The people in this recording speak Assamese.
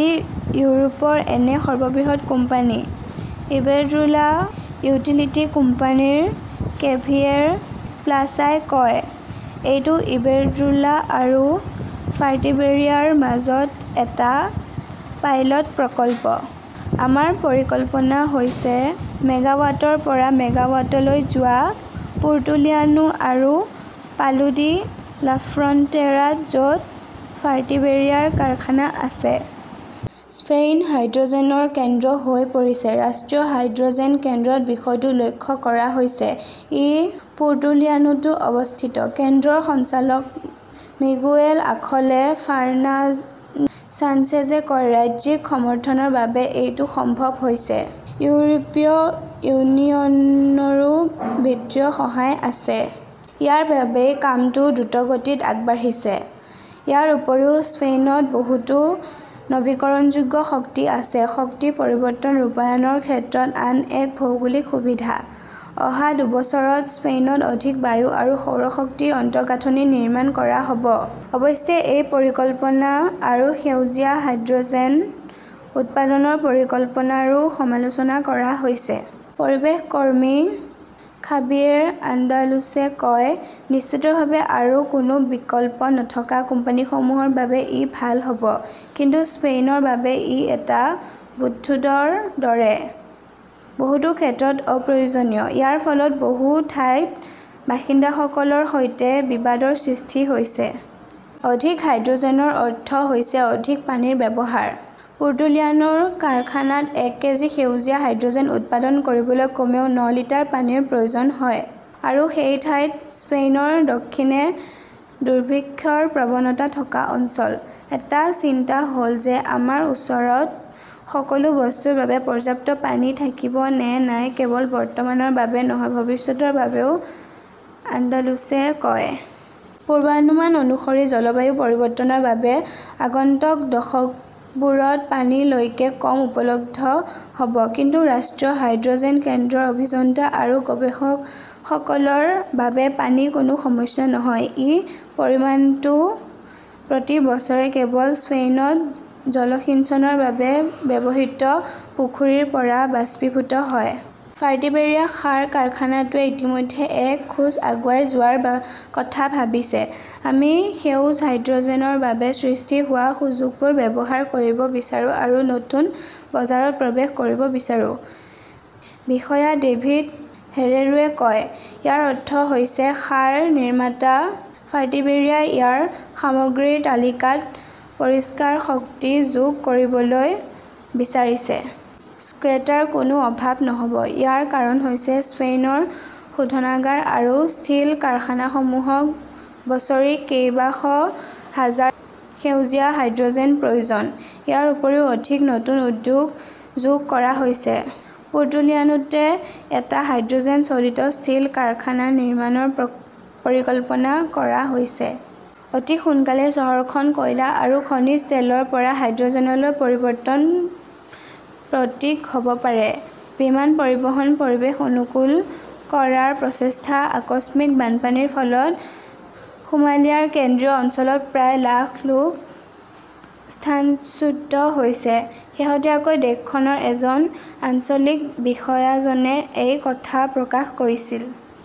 ই ইউৰোপৰ এনে সৰ্ববৃহৎ কোম্পানী, ইবেৰড্ৰোলা ইউটিলিটি কোম্পানীৰ কেভিয়েৰ প্লাছাই কয়। এইটো ইবেৰড্ৰোলা আৰু ফাৰ্টিবেৰিয়াৰ মাজত এটা পাইলট প্ৰকল্প। আমাৰ পৰিকল্পনা হৈছে মেগাৱাটৰ পৰা মেগাৱাটলৈ যোৱা পুৰ্টোলিয়ানো আৰু পালো ডি লাফ্ৰণ্টেৰাত, য 'ত ফাৰ্টিবেৰিয়াৰ কাৰখানা আছে। স্পেইন হাইড্ৰ'জেনৰ কেন্দ্ৰ হৈ পৰিছে। ৰাষ্ট্ৰীয় হাইড্ৰ'জেন কেন্দ্ৰত বিষয়টো লক্ষ্য কৰা হৈছে। ই পুৰ্টোলিয়ানোতো অৱস্থিত। কেন্দ্ৰৰ সঞ্চালক মিগুএল আঁখেল ফাৰ্ণান্দেজ সানচেজে কয়, "ৰাজ্যিক সমৰ্থনৰ বাবে এইটো সম্ভৱ হৈছে।" ইউৰোপীয় ইউনিয়নৰো বিত্তীয় সহায় আছে। ইয়াৰ বাবেই কামটো দ্ৰুতগতিত আগবাঢ়িছে। ইয়াৰ উপৰিও স্পেনত বহুতো নৱীকৰণযোগ্য শক্তি আছে শক্তি পৰিৱৰ্তন ৰূপায়ণৰ ক্ষেত্ৰত আন এক ভৌগোলিক সুবিধা। অহা দুবছৰত স্পেনত অধিক বায়ু আৰু সৌৰ শক্তি আন্তঃগাঁথনি নিৰ্মাণ কৰা হ'ব। অৱশ্যে, এই পৰিকল্পনা আৰু সেউজীয়া হাইড্ৰ'জেন উৎপাদনৰ পৰিকল্পনাৰো সমালোচনা কৰা হৈছে। পৰিৱেশ কৰ্মী খাবিয়েৰ আন্দালুছে কয়, "নিশ্চিতভাৱে আৰু কোনো বিকল্প নথকা কোম্পানীসমূহৰ বাবে ই ভাল হ'ব।" কিন্তু স্পেইনৰ বাবে ই এটা বুদ্বুদৰ দৰে, বহুতো ক্ষেত্ৰত অপ্ৰয়োজনীয়। ইয়াৰ ফলত বহু ঠাইত বাসিন্দাসকলৰ সৈতে বিবাদৰ সৃষ্টি হৈছে। অধিক হাইড্ৰ'জেনৰ অৰ্থ হৈছে অধিক পানীৰ ব্যৱহাৰ। পুৰ্টোলিয়ানোৰ কাৰখানাত এক কেজি সেউজীয়া হাইড্ৰ'জেন উৎপাদন কৰিবলৈ কমেও ন লিটাৰ পানীৰ প্ৰয়োজন হয়। আৰু সেই ঠাইখন স্পেইনৰ দক্ষিণে দুৰ্ভিক্ষৰ প্ৰৱণতা থকা অঞ্চল। এটা চিন্তা হ'ল যে, "আমাৰ ওচৰত সকলো বস্তুৰ বাবে পৰ্যাপ্ত পানী থাকিব নে নাই-কেৱল বৰ্তমানৰ বাবে নহয়, ভৱিষ্যতৰ বাবেও ", আন্দালুছে কয়। পূৰ্বানুমান অনুসৰি জলবায়ু পৰিৱৰ্তনৰ বাবে আগন্তুক দশকবোৰত পানী লৈকে কম উপলব্ধ হ'ব। কিন্তু ৰাষ্ট্ৰীয় হাইড্ৰ'জেন কেন্দ্ৰৰ অভিযন্তা আৰু গৱেষকসকলৰ বাবে পানী কোনো সমস্যা নহয়। এই পৰিমাণটো প্ৰতি বছৰে কেৱল স্পেইনত জলসিঞ্চনৰ বাবে ব্যৱহৃত পুখুৰীৰ পৰা বাষ্পীভূত হয়। "ফাৰ্টিবেৰিয়া সাৰ কাৰখানাটোৱে ইতিমধ্যে এক খোজ আগুৱাই যোৱাৰ কথা ভাবিছে। আমি সেউজ হাইড্ৰ'জেনৰ বাবে সৃষ্টি হোৱা সুযোগবোৰ ব্যৱহাৰ কৰিব বিচাৰো আৰু নতুন বজাৰত প্ৰৱেশ কৰিব বিচাৰো ", বিষয়া ডেভিদ হেৰেৰোৱে কয়। "ইয়াৰ অৰ্থ হৈছে সাৰ নিৰ্মাতা ফাৰ্টিবেৰিয়াই ইয়াৰ সামগ্ৰীৰ তালিকাত পৰিষ্কাৰ শক্তি যোগ কৰিবলৈ বিচাৰিছে। ক্ৰেতাৰ কোনো অভাৱ নহ'ব। ইয়াৰ কাৰণ হৈছে স্পেইনৰ শোধনাগাৰ আৰু ষ্টীল কাৰখানাসমূহক বছৰি কেইবাশ হাজাৰ টন সেউজীয়া হাইড্ৰ'জেনৰ প্ৰয়োজন। ইয়াৰ উপৰিও অধিক নতুন উদ্যোগ যোগ কৰা হৈছে। পুৰ্টোলিয়ানোতে এটা হাইড্ৰ'জেন চালিত ষ্টীল কাৰখানা নিৰ্মাণৰ পৰিকল্পনা কৰা হৈছে। অতি সোনকালেই চহৰখন কয়লা আৰু খনিজ তেলৰ পৰা হাইড্ৰ'জেনলৈ পৰিৱৰ্তনৰ প্ৰতীক হ'ব পাৰে। বিমান পৰিবহণ পৰিৱেশ অনুকূল কৰাৰ প্ৰচেষ্টা আকস্মিক বানপানীৰ ফলত সোমালিয়াৰ কেন্দ্ৰীয় অঞ্চলত প্ৰায় লাখ লোক স্থানচ্যুত হৈছে। শেহতীয়াকৈ দেশখনৰ এজন আঞ্চলিক বিষয়াজনে এই কথা প্ৰকাশ কৰিছিল